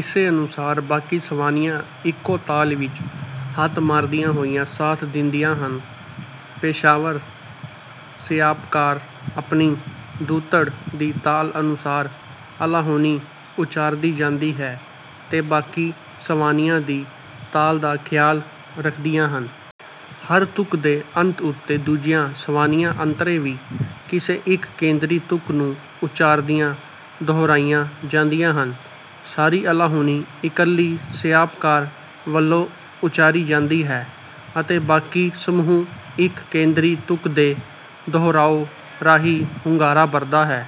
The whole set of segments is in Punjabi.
ਇਸੇ ਅਨੁਸਾਰ ਬਾਕੀ ਸਵਾਣੀਆਂ ਇੱਕੋ ਤਾਲ ਵਿੱਚ ਹੱਥ ਮਾਰਦੀਆਂ ਹੋਈਆਂ ਸਾਥ ਦਿੰਦੀਆਂ ਹਨ। ਪੇਸ਼ਾਵਰ ਸਿਆਪਾਕਾਰ ਆਪਣੀ ਦੁਹੱਥੜ ਦੀ ਤਾਲ ਅਨੁਸਾਰ ਅਲਾਹੁਣੀ ਉੱਚਾਰਦੀ ਜਾਂਦੀ ਹੈ ਤੇ ਬਾਕੀ ਸਵਾਣੀਆਂ ਦੀ ਤਾਲ ਦਾ ਖਿਆਲ ਰੱਖਦੀਆਂ ਹਨ। ਹਰ ਤੁਕ ਦੇ ਅੰਤ ਉੱਤੇ ਦੂਜੀਆਂ ਸਵਾਣੀਆਂ ਅੰਤਰੇ ਵੀ ਕਿਸੇ ਇੱਕ ਕੇਂਦਰੀ ਤੁਕ ਨੂੰ ਉੱਚਾਰਦੀਆਂ ਦੁਹਰਾਈਆਂ ਜਾਂਦੀਆਂ ਹਨ। ਸਾਰੀ ਅਲਾਹੁਣੀ ਇੱਕਲੀ ਸਿਆਪਾਕਾਰ ਵੱਲੋਂ ਉੱਚਾਰੀ ਜਾਂਦੀ ਹੈ ਅਤੇ ਬਾਕੀ ਸਮੂਹ ਇੱਕ ਕੇਂਦਰੀ ਤੁਕ ਦੇ ਦੁਹਰਾਉ ਰਾਹੀਂ ਹੁੰਗਾਰਾ ਭਰਦਾ ਹੈ।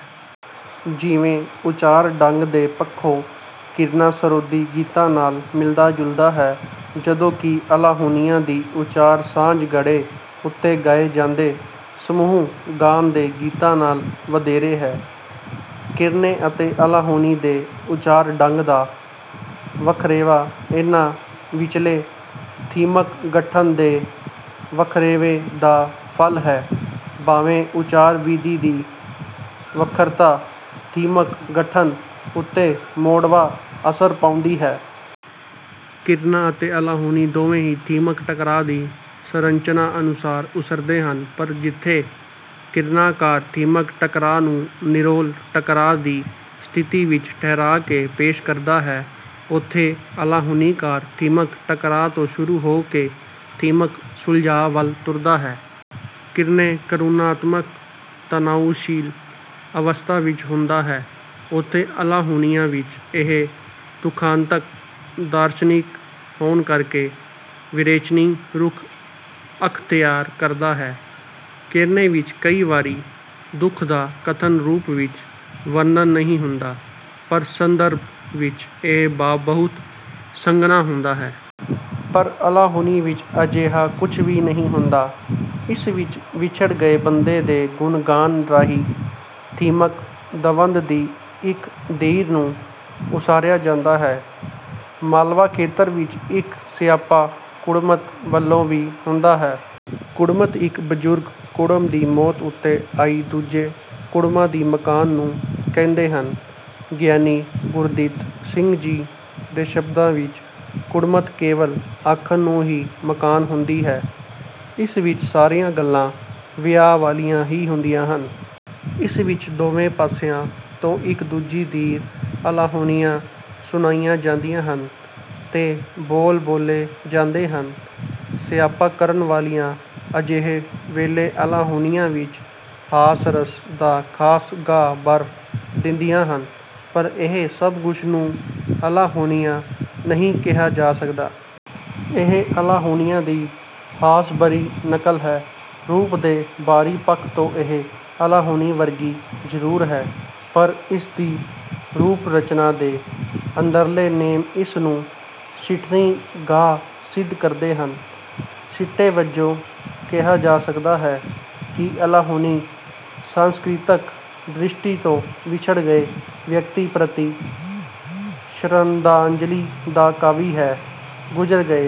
ਜਿਵੇਂ ਉੱਚਾਰ ਢੰਗ ਦੇ ਪੱਖੋਂ ਕੀਰਨਾ ਸਰੋਦੀ ਗੀਤਾਂ ਨਾਲ ਮਿਲਦਾ ਜੁਲਦਾ ਹੈ ਜਦੋਂ ਕਿ ਅਲਾਹੁਣੀਆਂ ਦੀ ਉੱਚਾਰ ਸਾਂਝ ਘੜੇ ਉੱਤੇ ਗਾਏ ਜਾਂਦੇ ਸਮੂਹ ਗਾਨ ਦੇ ਗੀਤਾਂ ਨਾਲ ਵਧੇਰੇ ਹੈ। ਕੀਰਨੇ ਅਤੇ ਅਲਾਹੁਣੀ ਦੇ ਉੱਚਾਰ ਢੰਗ ਦਾ ਵਖਰੇਵਾਂ ਇਹਨਾਂ ਵਿਚਲੇ ਥੀਮਕ ਗਠਨ ਦੇ ਵਖਰੇਵੇ ਦਾ ਫਲ ਹੈ ਭਾਵੇਂ ਉੱਚਾਰ ਵਿਧੀ ਦੀ ਵੱਖਰਤਾ ਥੀਮਕ ਗਠਨ ਉੱਤੇ ਮੋੜਵਾਂ ਅਸਰ ਪਾਉਂਦੀ ਹੈ। ਕੀਰਨਾ ਅਤੇ ਅਲਾਹੁਣੀ ਦੋਵੇਂ ਹੀ ਥੀਮਕ ਟਕਰਾਅ ਦੀ ਸੰਰਚਨਾ ਅਨੁਸਾਰ ਉਸਰਦੇ ਹਨ ਪਰ ਜਿੱਥੇ ਕੀਰਨਾਕਾਰ ਥੀਮਕ ਟਕਰਾਅ ਨੂੰ ਨਿਰੋਲ ਟਕਰਾਅ ਦੀ ਸਥਿਤੀ ਵਿੱਚ ਠਹਿਰਾ ਕੇ ਪੇਸ਼ ਕਰਦਾ ਹੈ ਉੱਥੇ ਅਲਾਹੁਣੀਕਾਰ ਥੀਮਕ ਟਕਰਾਅ ਤੋਂ ਸ਼ੁਰੂ ਹੋ ਕੇ ਥੀਮਕ ਸੁਲਝਾਅ ਵੱਲ ਤੁਰਦਾ ਹੈ। ਕੀਰਨੇ ਕਰੁਣਾਤਮਕ ਤਨਾਉਸ਼ੀਲ ਅਵਸਥਾ ਵਿੱਚ ਹੁੰਦਾ ਹੈ ਉੱਥੇ ਅਲਾਹੁਣੀਆਂ ਵਿੱਚ ਇਹ ਦੁਖਾਂਤਕ ਦਾਰਸ਼ਨਿਕ ਹੋਣ ਕਰਕੇ ਵਿਰੇਚਨੀ ਰੁਖ ਅਖਤਿਆਰ ਕਰਦਾ ਹੈ। ਕੀਰਨੇ ਵਿੱਚ ਕਈ ਵਾਰੀ ਦੁਖ ਦਾ ਕਥਨ ਰੂਪ ਵਿੱਚ ਵਰਣਨ ਨਹੀਂ ਹੁੰਦਾ ਪਰ ਸੰਦਰਭ ਵਿੱਚ ਇਹ ਭਾਵ ਬਹੁਤ ਸੰਘਣਾ ਹੁੰਦਾ ਹੈ। ਪਰ ਅਲਾਹੁਣੀ ਵਿੱਚ ਅਜਿਹਾ ਕੁੱਝ ਵੀ ਨਹੀਂ ਹੁੰਦਾ। ਇਸ ਵਿੱਚ ਵਿਛੜ ਗਏ ਬੰਦੇ ਦੇ ਗੁਣ ਗਾਨ ਰਾਹੀਂ ਥੀਮਕ ਦਵੰਦ ਦੀ ਇੱਕ ਧਿਰ ਨੂੰ ਉਸਾਰਿਆ ਜਾਂਦਾ ਹੈ। ਮਾਲਵਾ ਖੇਤਰ ਵਿੱਚ ਇੱਕ ਸਿਆਪਾ ਕੁੜਮੱਤ ਵੱਲੋਂ ਵੀ ਹੁੰਦਾ ਹੈ। ਕੁੜਮੱਤ ਇੱਕ ਬਜ਼ੁਰਗ ਕੁੜਮ ਦੀ ਮੌਤ ਉੱਤੇ ਆਈ ਦੂਜੇ ਕੁੜਮਾਂ ਦੀ ਮਕਾਨ ਨੂੰ ਕਹਿੰਦੇ ਹਨ। ਗਿਆਨੀ ਗੁਰਦਿੱਤ ਸਿੰਘ ਜੀ ਦੇ ਸ਼ਬਦਾਂ ਵਿੱਚ ਕੁੜਮਤ ਕੇਵਲ ਆਖਣ ਨੂੰ ਹੀ ਮਕਾਨ ਹੁੰਦੀ ਹੈ। ਇਸ ਵਿੱਚ ਸਾਰੀਆਂ ਗੱਲਾਂ ਵਿਆਹ ਵਾਲੀਆਂ ਹੀ ਹੁੰਦੀਆਂ ਹਨ। ਇਸ ਵਿੱਚ ਦੋਵੇਂ ਪਾਸਿਆਂ ਤੋਂ ਇੱਕ ਦੂਜੀ ਧਿਰ ਅਲਾਹੁਣੀਆਂ ਸੁਣਾਈਆਂ ਜਾਂਦੀਆਂ ਹਨ ਤੇ ਬੋਲ ਬੋਲੇ ਜਾਂਦੇ ਹਨ। ਸਿਆਪਾ ਕਰਨ ਵਾਲੀਆਂ ਅਜੇਹੇ ਵੇਲੇ ਅਲਾਹੁਣੀਆਂ ਵਿੱਚ ਹਾਸ ਰਸ ਦਾ ਖਾਸ ਗਾਹ ਭਰ ਦਿੰਦੀਆਂ ਹਨ ਪਰ ਇਹ ਸਭ ਕੁੱਝ ਨੂੰ ਅਲਾਹੁਣੀਆਂ ਨਹੀਂ ਕਿਹਾ ਜਾ ਸਕਦਾ। ਇਹ ਅਲਾਹੁਣੀਆਂ ਦੀ ਹਾਸ ਭਰੀ ਨਕਲ ਹੈ। ਰੂਪ ਦੇ ਬਾਹਰੀ ਪੱਖ ਤੋਂ ਇਹ ਅਲਾਹੁਣੀ ਵਰਗੀ ਜ਼ਰੂਰ ਹੈ ਪਰ ਇਸ ਦੀ ਰੂਪ ਰਚਨਾ ਦੇ ਅੰਦਰਲੇ ਨੇਮ ਇਸ ਨੂੰ ਸਿੱਠਣੀ ਗਾਹ ਸਿੱਧ ਕਰਦੇ ਹਨ। ਸਿੱਟੇ ਵਜੋਂ ਕਿਹਾ ਜਾ ਸਕਦਾ ਹੈ ਕਿ ਅਲਾਹੁਣੀ ਸਾਂਸਕ੍ਰਿਤਕ ਦ੍ਰਿਸ਼ਟੀ ਤੋਂ ਵਿਛੜ ਗਏ ਵਿਅਕਤੀ ਪ੍ਰਤੀ ਸ਼ਰਧਾਂਜਲੀ ਦਾ ਕਾਵਿ ਹੈ। ਗੁਜ਼ਰ ਗਏ